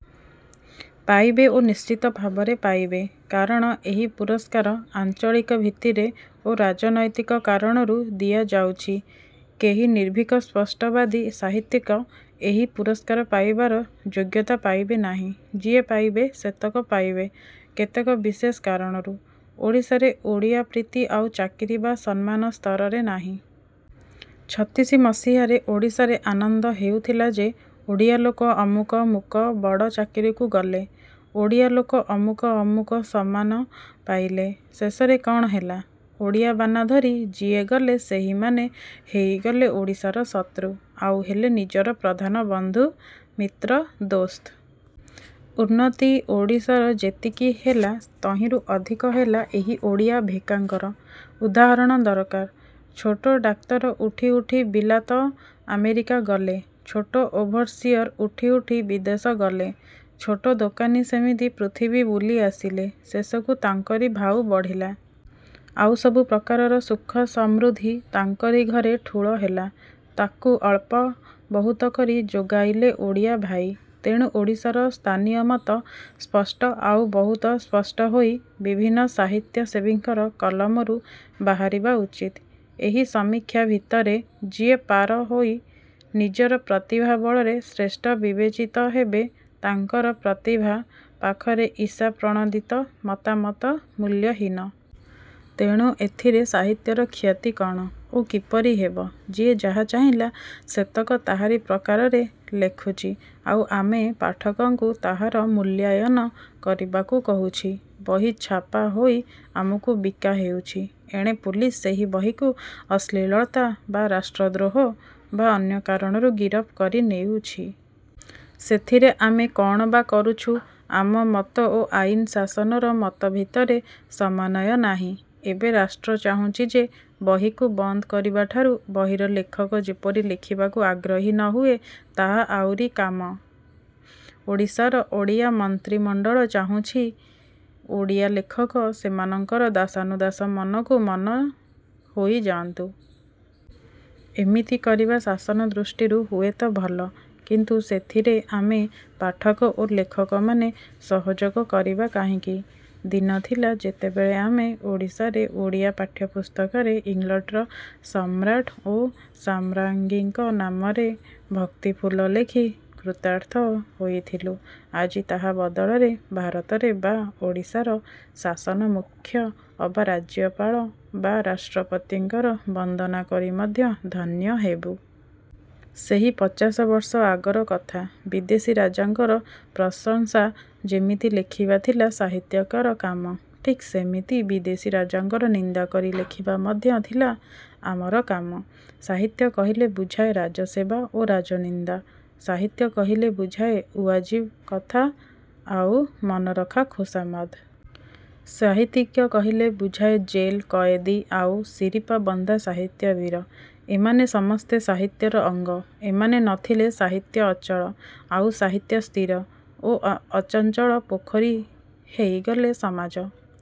ପାଇବେ ଓ ନିଶ୍ଚିତ ଭାବରେ ପାଇବେ। କାରଣ ଏହି ପୁରସ୍କାର ଆଞ୍ଚଳିକ ଭିତ୍ତିରେ ଓ ରାଜନୈତିକ କାରଣରୁ ଦିଆଯାଉଛି। କେହି ନିର୍ଭୀକ ସ୍ପଷ୍ଟବାଦୀ ସାହିତ୍ୟିକ ଏହି ପୁରସ୍କାର ପାଇବାର ଯୋଗ୍ୟତା ପାଇବେ ନାହିଁ। ଯିଏ ପାଇବେ ସେତକ ପାଇବେ କେତେକ ବିଶେଷ କାରଣରୁ। ଓଡ଼ିଶାରେ ଓଡ଼ିଆ ପ୍ରୀତି ଆଉ ଚାକିରି ବା ସମ୍ମାନ ସ୍ତରରେ ନାହିଁ। ଛତିଶି ମସିହାରେ ଓଡ଼ିଶାରେ ଆନନ୍ଦ ହେଉଥିଲା ଯେ ଓଡ଼ିଆ ଲୋକ ଅମୁକ ମୁକ ବଡ଼ ଚାକିରୀକୁ ଗଲେ। ଓଡ଼ିଆ ଲୋକ ଅମୁକ ଅମୁକ ସମ୍ମାନ ପାଇଲେ। ଶେଷରେ କ'ଣ ହେଲା? ଓଡ଼ିଆ ବାନାଧରି ଯିଏ ଗଲେ ସେହିମାନେ ହେଇଗଲେ ଓଡ଼ିଶାର ଶତ୍ରୁ। ଆଉ ହେଲେ ନିଜର ପ୍ରଧାନ ବନ୍ଧୁ-ମିତ୍ର-ଦୋସ୍ତ। ଉନ୍ନତି ଓଡ଼ିଶାର ଯେତିକି ହେଲା ତହିଁରୁ ଅଧିକ ହେଲା ଏହି ଓଡ଼ିଆ-ଭେକାଙ୍କର। ଉଦାହରଣ ଦରକାର। ଛୋଟ ଡାକ୍ତର ଉଠି ଉଠି ବିଲାତ ଆମେରିକା ଗଲେ। ଛୋଟ ଓଭରସିଅର ଉଠି ଉଠି ବିଦେଶ ଗଲେ। ଛୋଟ ଦୋକାନୀ ସେମିତି ପୃଥିବୀ ବୁଲି ଆସିଲେ। ଶେଷକୁ ତାଙ୍କରି ଭାଉ ବଢ଼ିଲା। ଆଉ ସବୁ ପ୍ରକାରର ସୁଖ ସମୃଦ୍ଧି ତାଙ୍କରି ଘରେ ଠୁଳ ହେଲା-ତାକୁ ଅଳ୍ପ ବହୁତ କରି ଯୋଗାଇଲେ ଓଡ଼ିଆ ଭାଇ। ତେଣୁ ଓଡ଼ିଶାର ସ୍ଥାନୀୟ ମତ ସ୍ପଷ୍ଟ ଆଉ ବହୁତ ସ୍ପଷ୍ଟ ହୋଇ ବିଭିନ୍ନ ସାହିତ୍ୟସେବୀଙ୍କର କଲମରୁ ବାହାରିବା ଉଚିତ୍। ଏହି ସମୀକ୍ଷା ଭିତରେ ଯିଏ ପାର ହୋଇ ନିଜର ପ୍ରତିଭା ବଳରେ ଶ୍ରେଷ୍ଠ ବିବେଚିତ ହେବେ ତାଙ୍କର ପ୍ରତିଭା ପାଖରେ ଈଷାପ୍ରଣୋଦିତ ମତାମତ ମୂଲ୍ୟହୀନ। ତେଣୁ ଏଥିରେ ସାହିତ୍ୟର କ୍ଷତି କ'ଣ ଓ କିପରି ହେବ? ଯିଏ ଯାହା ଚାହିଁଲା ସେତକ ତାହାରି ପ୍ରକାରରେ ଲେଖୁଛି ଆଉ ଆମେ ପାଠକଙ୍କୁ ତାହାର ମୂଲ୍ୟାୟନ କରିବାକୁ କହୁଛି। ବହି ଛାପା ହୋଇ ଆମକୁ ବିକା ହେଉଛି। ଏଣେ ପୁଲିସ ସେହି ବହିକୁ ଅଶ୍ଳୀଳତା ବା ରାଷ୍ଟ୍ରଦ୍ରୋହ ବା ଅନ୍ୟ କାରଣରୁ ଗିରଫ କରି ନେଉଛି। ସେଥିରେ ଆମେ କ'ଣ ବା କରୁଛୁ? ଆମ ମତ ଓ ଆଇନ ଶାସନର ମତ ଭିତରେ ସମନ୍ୱୟ ନାହିଁ। ଏବେ ରାଷ୍ଟ୍ର ଚାହୁଁଛି ଯେ ବହିକୁ ବନ୍ଦ କରିବାଠାରୁ ବହିର ଲେଖକ ଯେପରି ଲେଖିବାକୁ ଆଗ୍ରହୀ ନ ହୁଏ-ତାହା ଆଉରି କାମ୍ୟ। ଓଡ଼ିଶାର ଓଡ଼ିଆ ମନ୍ତ୍ରୀମଣ୍ତଳ ଚାହୁଁଛି ଓଡ଼ିଆ ଲେଖକ ସେମାନଙ୍କର ଦାସାନୁଦାସ ମନକୁ ମନ ହୋଇଯାନ୍ତୁ। ଏମିତି କରିବା ଶାସନ ଦୃଷ୍ଟିରୁ ହୁଏ ତ ଭଲ-। କିନ୍ତୁ ସେଥିରେ ଆମେ ପାଠକ ଓ ଲେଖକମାନେ ସହଯୋଗ କରିବା କାହିଁକି? ଦିନଥିଲା ଯେତେବେଳେ ଆମେ ଓଡ଼ିଶାରେ ଓଡ଼ିଆ ପାଠ୍ୟପୁସ୍ତକରେ ଇଂଲଣ୍ତର ସମ୍ରାଟ୍ ଓ ସାମ୍ରାଜ୍ଞୀଙ୍କ ନାମରେ ଭକ୍ତିଫୁଲ ଲେଖି କୃତାର୍ଥ ହୋଇଥିଲୁ। ଆଜି ତାହା ବଦଳରେ ଭାରତରେ ବା ଓଡ଼ିଶାର ଶାସନ ମୁଖ୍ୟ ଅବା ରାଜ୍ୟପାଳ ବା ରାଷ୍ଟ୍ରପତିଙ୍କର ବନ୍ଦନା କରି ମଧ୍ୟ ଧନ୍ୟ ହେବୁ। ସେହି ପଚାଶବର୍ଷ ଆଗର କଥା। ବିଦେଶୀ ରାଜାଙ୍କର ପ୍ରଶଂସା ଯେମିତି ଲେଖିବା ଥିଲା ସାହିତ୍ୟିକର କାମ, ଠିକ୍ ସେମିତି ବିଦେଶୀ ରାଜାଙ୍କର ନିନ୍ଦା କରି ଲେଖିବା ମଧ୍ୟ ଥିଲା ଆମର କାମ। ସାହିତ୍ୟ କହିଲେ ବୁଝାଏ ରାଜସେବା ଓ ରାଜନିନ୍ଦା। ସାହିତ୍ୟ କହିଲେ ବୁଝାଏ ଉଆଜିବ୍ କଥା ଆଉ ମନରଖା ଖୋସାମଦ୍। ସାହିତ୍ୟିକ କହିଲେ ବୁଝାଏ ଜେଲ କଏଦୀ ଆଉ ଶିରିପା ବନ୍ଧା ସାହିତ୍ୟ ବୀର। ଏମାନେ ସମସ୍ତେ ସାହିତ୍ୟର ଅଙ୍ଗ। ଏମାନେ ନ ଥିଲେ ସାହିତ୍ୟ ଅଚଳ। ଆଉ ସାହିତ୍ୟ ସ୍ଥିର ଓ ଅଚଞ୍ଚଳ ପୋଖରୀ ହେଇଗଲେ ସମାଜ